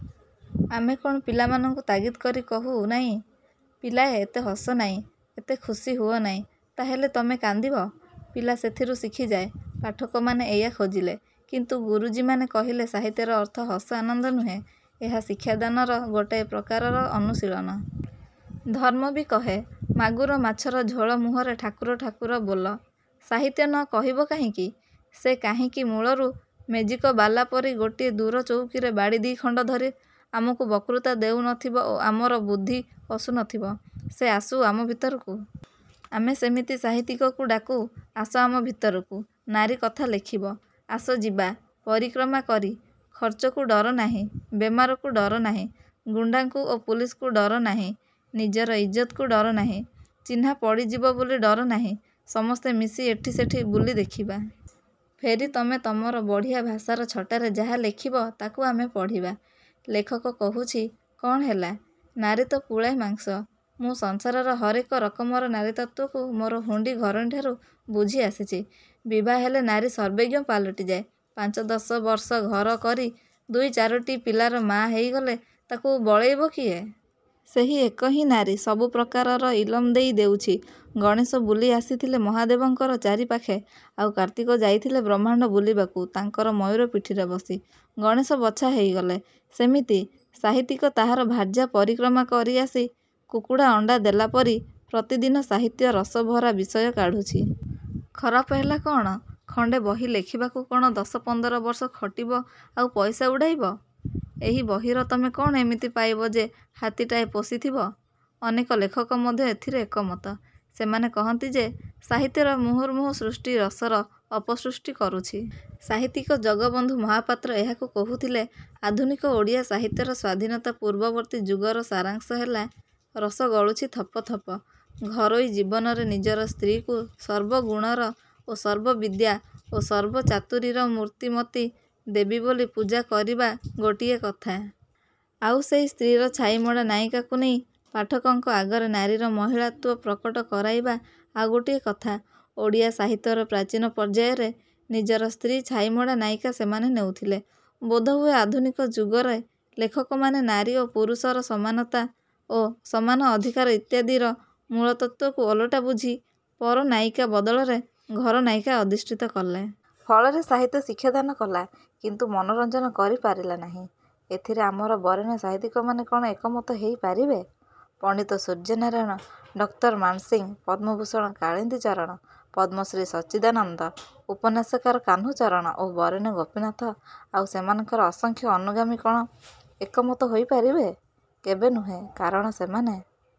ଆମେ କ'ଣ ପିଲାଙ୍କୁ ତାଗିଦ୍ କରି କହୁ ନାହିଁ-ପିଲାଏ, ଏତେ ହସ ନାହିଁ। ଏତେ ଖୁସି ହୁଅ ନାହିଁ। ତାହାହେଲେ ତମେ କାନ୍ଦିବ। ପିଲା ସେଥିରୁ ଶିଖିଯାଏ। ପାଠକମାନେ ଏଇଆ ଖୋଜିଲେ। କିନ୍ତୁ ଗୁରୁଜୀମାନେ କହିଲେ ସାହିତ୍ୟର ଅର୍ଥ ହସ ଆନନ୍ଦ ନୁହେଁ। ଏହା ଶିକ୍ଷାଦାନର ଗୋଟାଏ ପ୍ରକାରର ଅନୁଶୀଳନ। ଧର୍ମ ବି କହେ- ମାଗୁର ମାଛର ଝୋଳ ମୁହଁରେ ଠାକୁର ଠାକୁର ବୋଲ। ସାହିତ୍ୟ ନ କହିବ କାହିଁକି? ସେ କାହିଁକି ମୂଳରୁ ମେଜିକବାଲା ପରି ଗୋଟିଏ ଦୂର ଚଉକିରେ ବାଡ଼ି ଦି'ଖଣ୍ତ ଧରି ଆମକୁ ବକ୍ତୃତା ଦେଉନଥିବ ଓ ଆମର ବୁଦ୍ଧି କଷୁନଥିବ? ସେ ଆସୁ ଆମ ଭିତରକୁ। ଆମେ ସେମିତି ସାହିତ୍ୟିକକୁ ଡାକୁ-ଆସ ଆମ ଭିତରକୁ। ନାରୀ କଥା ଲେଖିବ-ଆସ ଯିବା। ପରିକ୍ରମା କରି। ଖର୍ଚ୍ଚକୁ ଡର ନାହିଁ। ବେମାରିକୁ ଡର ନାହିଁ। ଗୁଣ୍ତାଙ୍କୁ ଓ ପୁଲିସଙ୍କୁ ଡର ନାହିଁ। ନିଜର ଇଜ୍ଜତକୁ ଡର ନାହିଁ। ଚିହ୍ନା ପଡ଼ିଯିବ ବୋଲି ଡର ନାହିଁ। ସମସ୍ତେ ମିଶି ଏଠି ସେଠି ବୁଲି ଦେଖିବା। ଫେରି ତମେ ତମର ବଢ଼ିଆ ଭାଷାର ଛଟାରେ ଯାହା ଲେଖିବ ତାକୁ ଆମେ ପଢ଼ିବା। ଲେଖକ କହୁଛି-କ'ଣ ହେଲା? ନାରୀ ତ ପୁଳାଏ ମାଂସ। ମୁଁ ସଂସାରର ହରେକ ରକମର ନାରୀତତ୍ତ୍ୱ ମୋର ହୁଣ୍ତୀ ଘରଣୀଠାରୁ ବୁଝି ଆସିଛି। ବିଭାହେଲେ ନାରୀ ସର୍ବେଜ୍ଞ ପାଲଟିଯାଏ। ପାଞ୍ଚ ଦଶବର୍ଷ ଘର କରି ଦୁଇ ଚାରୋଟି ପିଲାର ମା ହେଇଗଲେ ତାକୁ ବଳେଇବ କିଏ? ସେହି ଏକ ହିଁ ନାରୀ ସବୁ ପ୍ରକାରର ଇଲମ ଦେଇ ଦେଉଛି। ଗଣେଶ ବୁଲି ଆସିଥିଲେ ମହାଦେବଙ୍କର ଚାରିପାଖେ ଆଉ କାର୍ତ୍ତିକ ଯାଇଥିଲେ ବ୍ରହ୍ମାଣ୍ତ ବୁଲିବାକୁ ତାଙ୍କର ମୟୁର ପିଠିରେ ବସି। ଗଣେଶ ବଛା ହେଇଗଲେ। ସେମିତି ସାହିତ୍ୟିକ ତାହାର ଭାର୍ଯ୍ୟା-ପରିକ୍ରମା କରି ଆସି କୁକୁଡ଼ା ଅଣ୍ତା ଦେଲା ପରି ପ୍ରତିଦିନ ସାହିତ୍ୟ ରସଭରା ବିଷୟ କାଢ଼ୁଛି। ଖରାପ ହେଲା କ'ଣ? ଖଣ୍ତେ ବହି ଲେଖିବାକୁ କ'ଣ ଦଶ ପନ୍ଦରବର୍ଷ ଖଟିବ ଆଉ ପଇସା ଉଡ଼ାଇବ? ଏହି ବହିରୁ ତମେ କ'ଣ ଏମିତି ପାଇବ ଯେ ହାତୀଟାଏ ପୋଷିଥିବ? ଅନେକ ଲେଖକ ମଧ୍ୟ ଏଥିରେ ଏକମତ। ସେମାନେ କହନ୍ତି ଯେ ସାହିତ୍ୟର ମୂହୁର୍ମୁହୁ ସୃଷ୍ଟି ରସର ଅପସୃଷ୍ଟି କରୁଛି। ସାହିତ୍ୟିକ ଜଗତବନ୍ଧୁ ମହାପାତ୍ର ଏହାକୁ କହୁଥିଲେ ଆଧୁନିକ ଓଡ଼ିଆ ସାହିତ୍ୟର ସ୍ୱାଧୀନତା ପୂର୍ବବର୍ତ୍ତୀ ଯୁଗର ସାରାଂଶ ହେଲା-ରସ ଗଳୁଛି ଥପ ଥପ। ଘରୋଇ ଜୀବନରେ ନିଜର ସ୍ତ୍ରୀକୁ ସର୍ବଗୁଣର ଓ ସର୍ବବିଦ୍ୟା ଓ ସର୍ବ ଚାତୁରୀର ମୂର୍ତ୍ତିମତୀ ଦେବୀ ବୋଲି ପୂଜା କରିବା ଗୋଟିଏ କଥା। ଆଉ ସେହି ସ୍ତ୍ରୀର ଛାଇମଡ଼ା ନାୟିକାକୁ ନେଇ ପାଠକଙ୍କ ଆଗରେ ନାରୀର ମହିଳାତ୍ୱ ପ୍ରକଟ କରାଇବା ଆଉ ଗୋଟିଏ କଥା। ଓଡ଼ିଆ ସାହିତ୍ୟର ପ୍ରାଚୀନ ପର୍ଯ୍ୟାୟରେ ନିଜର ସ୍ତ୍ରୀର ଛାଇମଡ଼ା ନାୟିକା ସେମାନେ ନେଉଥିଲେ। ବୋଧହୁଏ ଆଧୁନିକ ଯୁଗରେ ଲେଖକମାନେ ନାରୀ ଓ ପୁରୁଷର ସମାନତା ଓ ସମାନ ଅଧିକାର ଇତ୍ୟାଦିର ମୂଳତତ୍ତ୍ୱକୁ ଓଲଟା ବୁଝି ପର-ନାୟିକା ବଦଳରେ ଘର ନାୟିକାକୁ ଅଧିଷ୍ଠିତ କଲେ। ଫଳରେ ସାହିତ୍ୟ ଶିକ୍ଷାଦାନ କଲା କିନ୍ତୁ ମନୋରଞ୍ଜନ କରିପାରିଲା ନାହିଁ। ଏଥିରେ ଆମର ବରେଣ୍ୟ ସାହିତ୍ୟିକମାନେ କ'ଣ ଏକମତ ହେଇ ପାରିବେ? ପଣ୍ତିତ ସୂର୍ଯ୍ୟନାରାୟଣ, ଡକ୍ଟର ମାନସିଂ, ପଦ୍ମଭୂଷଣ କାଳିନ୍ଦୀଚରଣ, ପଦ୍ମଶ୍ରୀ ସଚ୍ଚିଦାନନ୍ଦ, ଉପନ୍ୟାସକାର କାହ୍ନୁଚରଣ ଓ ବରେଣ୍ୟ ଗୋପୀନାଥ ଆଉ ସେମାନଙ୍କର ଅସଂଖ୍ୟ ଅନୁଗାମୀ କ'ଣ ଏକମତ ହୋଇପାରିବେ? କେବେ ନୁହେଁ। କାରଣ ସେମାନେ